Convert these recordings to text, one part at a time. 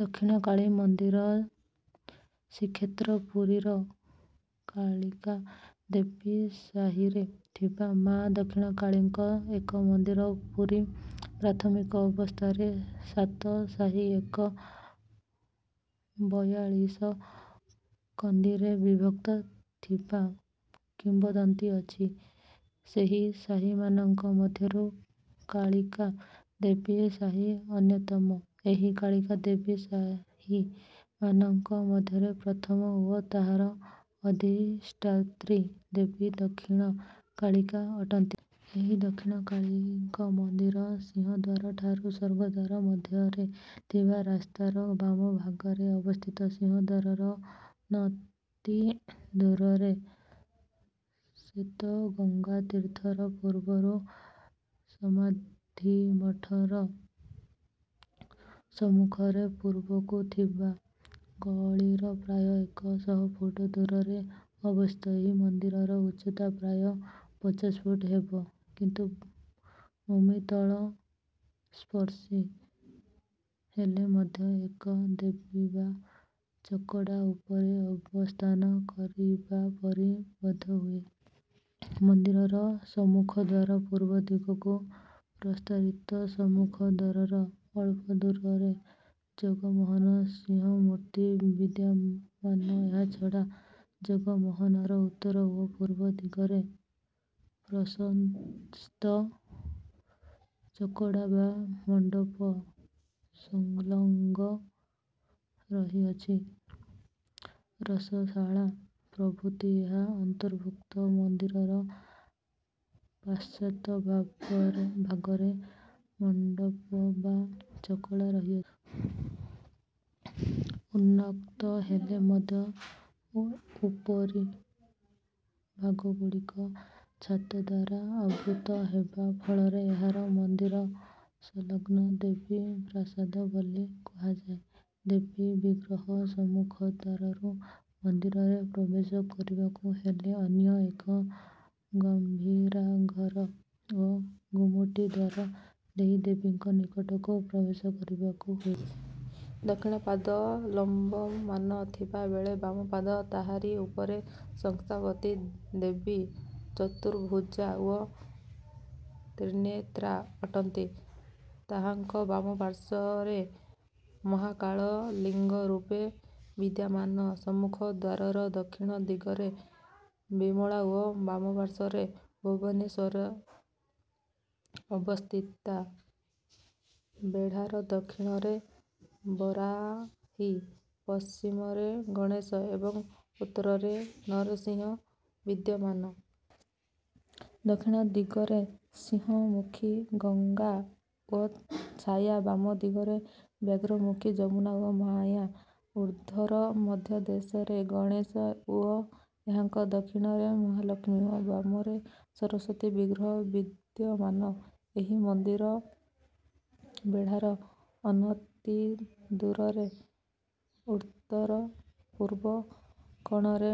ଦକ୍ଷିଣକାଳି ମନ୍ଦିର ଶ୍ରୀକ୍ଷେତ୍ର ପୁରୀର କାଳିକା ଦେବୀ ସାହିରେ ଥିବା ମାଆ ଦକ୍ଷିଣ କାଳିଙ୍କ ଏକ ମନ୍ଦିର। ପୁରୀ ପ୍ରାଥମିକ ଅବସ୍ଥାରେ ସାତ ସାହି ଓ ବୟାଳିଶ କନ୍ଦିରେ ବିଭକ୍ତ ଥିବା କିମ୍ବଦନ୍ତୀ ଅଛି। ସେହି ସାହିମାନଙ୍କ ମଧ୍ୟରୁ କାଳିକା ଦେବୀ ସାହି ଅନ୍ୟତମ। ଏହି କାଳିକା ଦେବୀ ସାହି ସାହିମାନଙ୍କ ମଧ୍ୟରେ ପ୍ରଥମ ଓ ତାହାର ଅଧିଷ୍ଠାତ୍ରୀ ଦେବୀ ଦକ୍ଷିଣ କାଳିକା ଅଟନ୍ତି। ଏହି ଦକ୍ଷଣି କାଳୀଙ୍କ ମନ୍ଦିର ସିଂହଦ୍ୱାର ଠାରୁ ସ୍ୱର୍ଗଦ୍ୱାର ମଧ୍ୟରେ ଥିବା ରାସ୍ତାର ବାମ ଭାଗରେ ଅବସ୍ଥିତ। ସିଂହଦ୍ୱାରର ଅନତି ଦୂରରେ ଶ୍ୱେତଗଙ୍ଗା ତୀର୍ଥର ପୂର୍ବରୁ ସମାଧିମଠର ସମ୍ମୁଖରେ ପୂର୍ବକୁ ଥିବା ଗଳିର ପ୍ରାୟ ଏକ ଶହ ଫୁଟ ଦୂରରେ ଅବସ୍ଥିତ। ଏହି ମନ୍ଦିରର ଉଚ୍ଚତା ପ୍ରାୟ ପଚାଶ ଫୁଟ ହେବ କିନ୍ତୁ ଭୂମିତଳ ସ୍ପର୍ଶୀ ହେଲେ ମଧ୍ୟ ଏକ ବେଦୀ ବା ଚକଡ଼ା ଉପରେ ଅବସ୍ଥାନ କରିବାପରି ବୋଧହୁଏ। ମନ୍ଦିରର ସମ୍ମୁଖ ଦ୍ୱାର ପୂର୍ବ ଦିଗକୁ ପ୍ରସାରିତ। ସମ୍ମୁଖ ଦ୍ୱାରର ଅଳ୍ପ ଦୂରରେ ଜଗମୋହନ ସିଂହମୂର୍ତ୍ତି ବିଦ୍ୟମାନ। ଏହାଛଡ଼ା ଜଗମୋହନର ଉତ୍ତର ଓ ପୂର୍ବ ଦିଗରେ ପ୍ରଶସ୍ତ ଚକଡ଼ା ବା ମଣ୍ଡପ ସଂଲଗ୍ନ ରହିଅଛି। ରୋଷଶାଳା ପ୍ରଭୃତି ଏହା ଅନ୍ତର୍ଭୁକ୍ତ। ମନ୍ଦିରର ପାଶ୍ଚାତ ଭାଗରେ ମଣ୍ଡପ ବା ଚକଡ଼ା ରହିଅଛି। ଉନ୍ମୁକ୍ତହେଲେ ମଧ୍ୟ ଉପରି ଭାଗଗୁଡ଼ିକ ଛାତଦ୍ୱାରା ଆବୃତ ହେବା ଫଳରେ ଏହାର ମନ୍ଦିର ସଂଲଗ୍ନ ଦେବୀ ପ୍ରାସାଦ ବୋଲି କୁହାଯାଏ। ଦେବୀ ବିଗ୍ରହ ସମ୍ମୁଖ ଦ୍ୱାରରୁ ମନ୍ଦିରରେ ପ୍ରବେଶ କରିବାକୁ ହେଲେ ଅନ୍ୟ ଏକ ଗମ୍ଭୀରାଘର ଓ ଗୁମୁଟି ଦ୍ୱାର ଦେଇ ଦେବୀଙ୍କ ନିକଟକୁ ପ୍ରବେଶ କରିବାକୁ ହୁଏ। ଦକ୍ଷିଣ ପାଦ ଲମ୍ବମାନ ଥିବା ବେଳେ ବାମପାଦ ତାହାରି ଉପରେ ସଂସ୍ଥାପତି। ଦେବୀ ଚତୁଭୁଜା ଓ ତ୍ରିନେତ୍ରା ଅଟନ୍ତି। ତାହାଙ୍କ ବାମ ପାଶ୍ୱର୍ରେ ମହାକାଳ ଲିଙ୍ଗ ରୂପେ ବିଦ୍ୟମାନ। ସମ୍ମୁଖ ଦ୍ୱାରର ଦକ୍ଷିଣ ଦିଗରେ ବିମଳା ଓ ବାମପାଶ୍ୱର୍ରେ ଭୁବନେଶ୍ୱର ଅବସ୍ଥିତା। ବେଢ଼ାର ଦକ୍ଷିଣରେ ବରାହୀ, ପଶ୍ଚିମରେ ଗଣେଶ ଏବଂ ଉତ୍ତରରେ ନରସିଂହ ବିଦ୍ୟମାନ। ଦକ୍ଷିଣ ଦିଗରେ ସିଂହମୁଖୀ, ଗଙ୍ଗା ଓ ଛାୟା, ବାମ ଦିଗରେ ବ୍ୟାଘ୍ରମୁଖୀ, ଯମୁନା ଓ ମାୟା। ଉର୍ଦ୍ଧର ମଧ୍ୟଦେଶରେ ଗଣେଶ ଓ ଏହାଙ୍କ ଦକ୍ଷିଣରେ ମହାଲକ୍ଷ୍ମୀ ଓ ବାମରେ ସରସ୍ୱତୀ ବିଗ୍ରହ ବିଦ୍ୟମାନ। ଏହି ମନ୍ଦିର ବେଢ଼ାର ଅନତି ଦୂରରେ ଉତ୍ତରପୂର୍ବ କୋଣରେ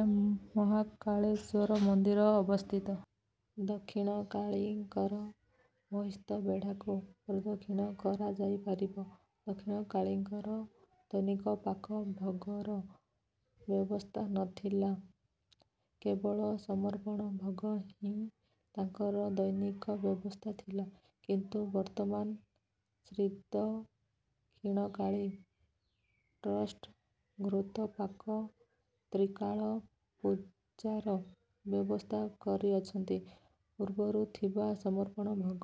ମହାକାଳେଶ୍ୱର ମନ୍ଦିର ଅବସ୍ଥିତ। ଦକ୍ଷିଣକାଳୀଙ୍କର ବହିସ୍ଥ ବେଢ଼ାକୁ ପ୍ରଦକ୍ଷିଣ କରାଯାଇପାରିବ। ଦକ୍ଷଣି କାଳୀଙ୍କର ଦୈନିକ ପାକ ଭୋଗର ବ୍ୟବସ୍ଥା ନଥିଲା। କେବଳ ସମର୍ପଣ ଭୋଗ ହିଁ ତାଙ୍କର ଦୈନନ୍ଦିନ ବ୍ୟବସ୍ଥା ଥିଲା। କିନ୍ତୁ ବର୍ତ୍ତମାନ ଶ୍ରୀଦକ୍ଷିଣକାଳୀ ଟ୍ରଷ୍ଟ ଘୃତପାକ ତ୍ରିକାଳ ପୂଜାର ବ୍ୟବସ୍ଥା କରିଅଛନ୍ତି। ପୂର୍ବରୁ ଥିବା ସମର୍ପଣ ଭୋଗ